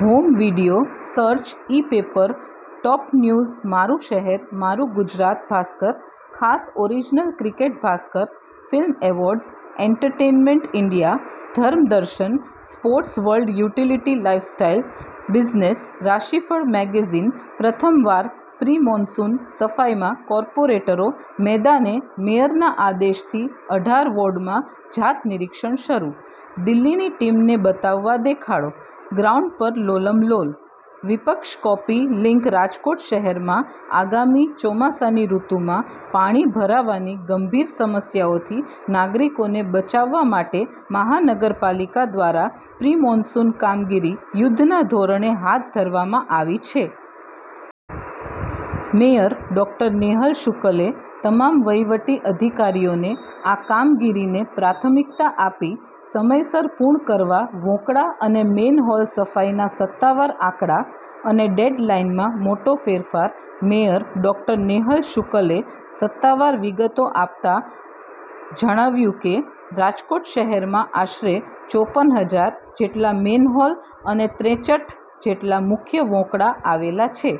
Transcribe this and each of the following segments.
Home video search e-paper top news મારું શહેર મારું ગુજરાત ભાસ્કર ખાસ original cricket Bhaskar film awards entertainment India ધર્મ દર્શન sports world utility lifestyle business રાશિફળ મેગેઝિન પ્રથમવાર પ્રિ-મોન્સુન સફાઈમાં કોર્પોરેટરો મેદાને: મેયરના આદેશથી અઢાર વોર્ડમાં જાત-નિરીક્ષણ શરૂ, દિલ્હીની ટીમને બતાવવા દેખાડો, ગ્રાઉન્ડ પર 'લોલમ લોલ': વિપક્ષ કૉપી લિંક રાજકોટ શહેરમાં આગામી ચોમાસાની ઋતુમાં પાણી ભરાવાની ગંભીર સમસ્યાઓથી નાગરિકોને બચાવવા માટે મહાનગરપાલિકા દ્વારા પ્રિ-મોન્સુન કામગીરી યુદ્ધના ધોરણે હાથ ધરવામાં આવી છે. મેયર ડો. નેહલ શુક્લએ તમામ વહીવટી અધિકારીઓને આ કામગીરીને પ્રાથમિકતા આપી સમયસર પૂર્ણ કરવા વોંકળા અને મેનહોલ સફાઈના સત્તાવાર આંકડા અને ડેડલાઇનમાં મોટો ફેરફાર મેયર ડો. નેહલ શુક્લએ સત્તાવાર વિગતો આપતા જણાવ્યું કે, રાજકોટ શહેરમાં આશરે ચોપન હજાર જેટલા મેનહોલ અને ત્રેચઠ જેટલા મુખ્ય વોંકળા આવેલા છે.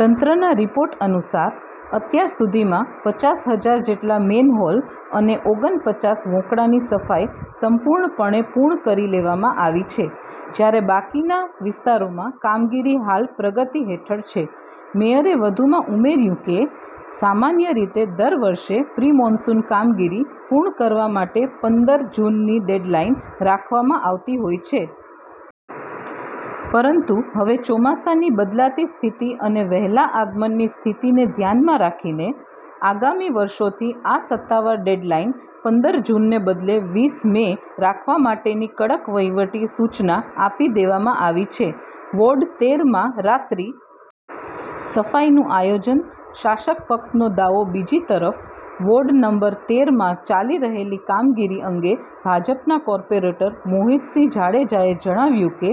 તંત્રના રિપોર્ટ અનુસાર, અત્યાર સુધીમાં પચાસ હજાર જેટલા મેનહોલ અને ઓગન પચાસ વોંકળાની સફાઈ સંપૂર્ણપણે પૂર્ણ કરી લેવામાં આવી છે, જ્યારે બાકીના વિસ્તારોમાં કામગીરી હાલ પ્રગતિ હેઠળ છે. મેયરે વધુમાં ઉમેર્યું કે, સામાન્ય રીતે દર વર્ષે પ્રિ-મોન્સુન કામગીરી પૂર્ણ કરવા માટે પંદર જૂનની ડેડલાઇન રાખવામાં આવતી હોય છે. પરંતુ હવે ચોમાસાની બદલાતી સ્થિતિ અને વહેલા આગમનની સ્થિતિને ધ્યાનમાં રાખીને, આગામી વર્ષોથી આ સત્તાવાર ડેડલાઇન પંદર જૂનને બદલે વીસ મે રાખવા માટેની કડક વહીવટી સૂચના આપી દેવામાં આવી છે. વોર્ડ-તેર માં રાત્રિ સફાઈનું આયોજન, શાસક પક્ષનો દાવો બીજી તરફ, વોર્ડ નંબર તેર માં ચાલી રહેલી કામગીરી અંગે ભાજપના કોર્પોરેટર મોહિતસિંહ જાડેજાએ જણાવ્યું કે,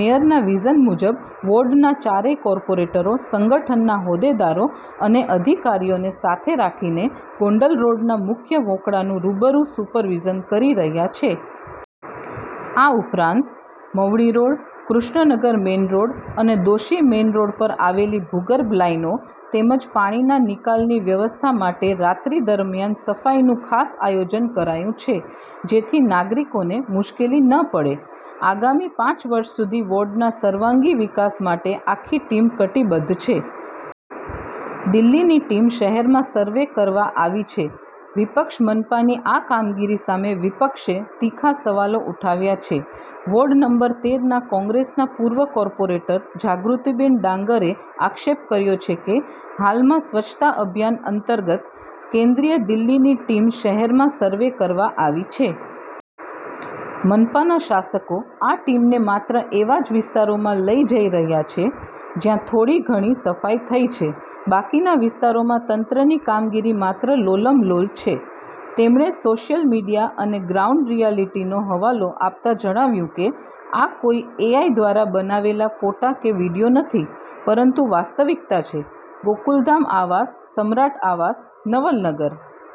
મેયરના વિઝન મુજબ વોર્ડના ચારેય કોર્પોરેટરો સંગઠનના હોદ્દેદારો અને અધિકારીઓને સાથે રાખીને ગોંડલ રોડના મુખ્ય વોંકળાનું રૂબરૂ સુપરવિઝન કરી રહ્યા છે. આ ઉપરાંત, Mavdi road, Krishnanagar main road અને દોશી મેઈન રોડ પર આવેલી ભૂગર્ભ લાઈનો તેમજ પાણીના નિકાલની વ્યવસ્થા માટે રાત્રિ દરમિયાન સફાઈનું ખાસ આયોજન કરાયું છે, જેથી નાગરિકોને મુશ્કેલી ન પડે. આગામી પાચ વર્ષ સુધી વોર્ડના સર્વાંગી વિકાસ માટે આખી ટીમ કટિબદ્ધ છે. દિલ્હીની ટીમ શહેરમાં સર્વે કરવા આવી છેઃ વિપક્ષ મનપાની આ કામગીરી સામે વિપક્ષે તીખા સવાલો ઉઠાવ્યા છે. વોર્ડ નંબર તેર ના કોંગ્રેસના પૂર્વ કોર્પોરેટર જાગૃતિબેન ડાંગરે આક્ષેપ કર્યો છે કે, હાલમાં સ્વચ્છતા અભિયાન અંતર્ગત કેન્દ્રીય દિલ્હીની ટીમ શહેરમાં સર્વે કરવા આવી છે. મનપાના શાસકો આ ટીમને માત્ર એવા જ વિસ્તારોમાં લઈ જઈ રહ્યા છે, જ્યાં થોડી ઘણી સફાઈ થઈ છે, બાકીના વિસ્તારોમાં તંત્રની કામગીરી માત્ર 'લોલમ લોલ' છે. તેમણે સોશિયલ મીડિયા અને ગ્રાઉન્ડ રિયાલિટીનો હવાલો આપતા જણાવ્યું કે, આ કોઈ એઆઈ દ્વારા બનાવેલા ફોટા કે વીડિયો નથી, પરંતુ વાસ્તવિકતા છે. ગોકુલધામ આવાસ, સમ્રાટ આવાસ, નવલનગર.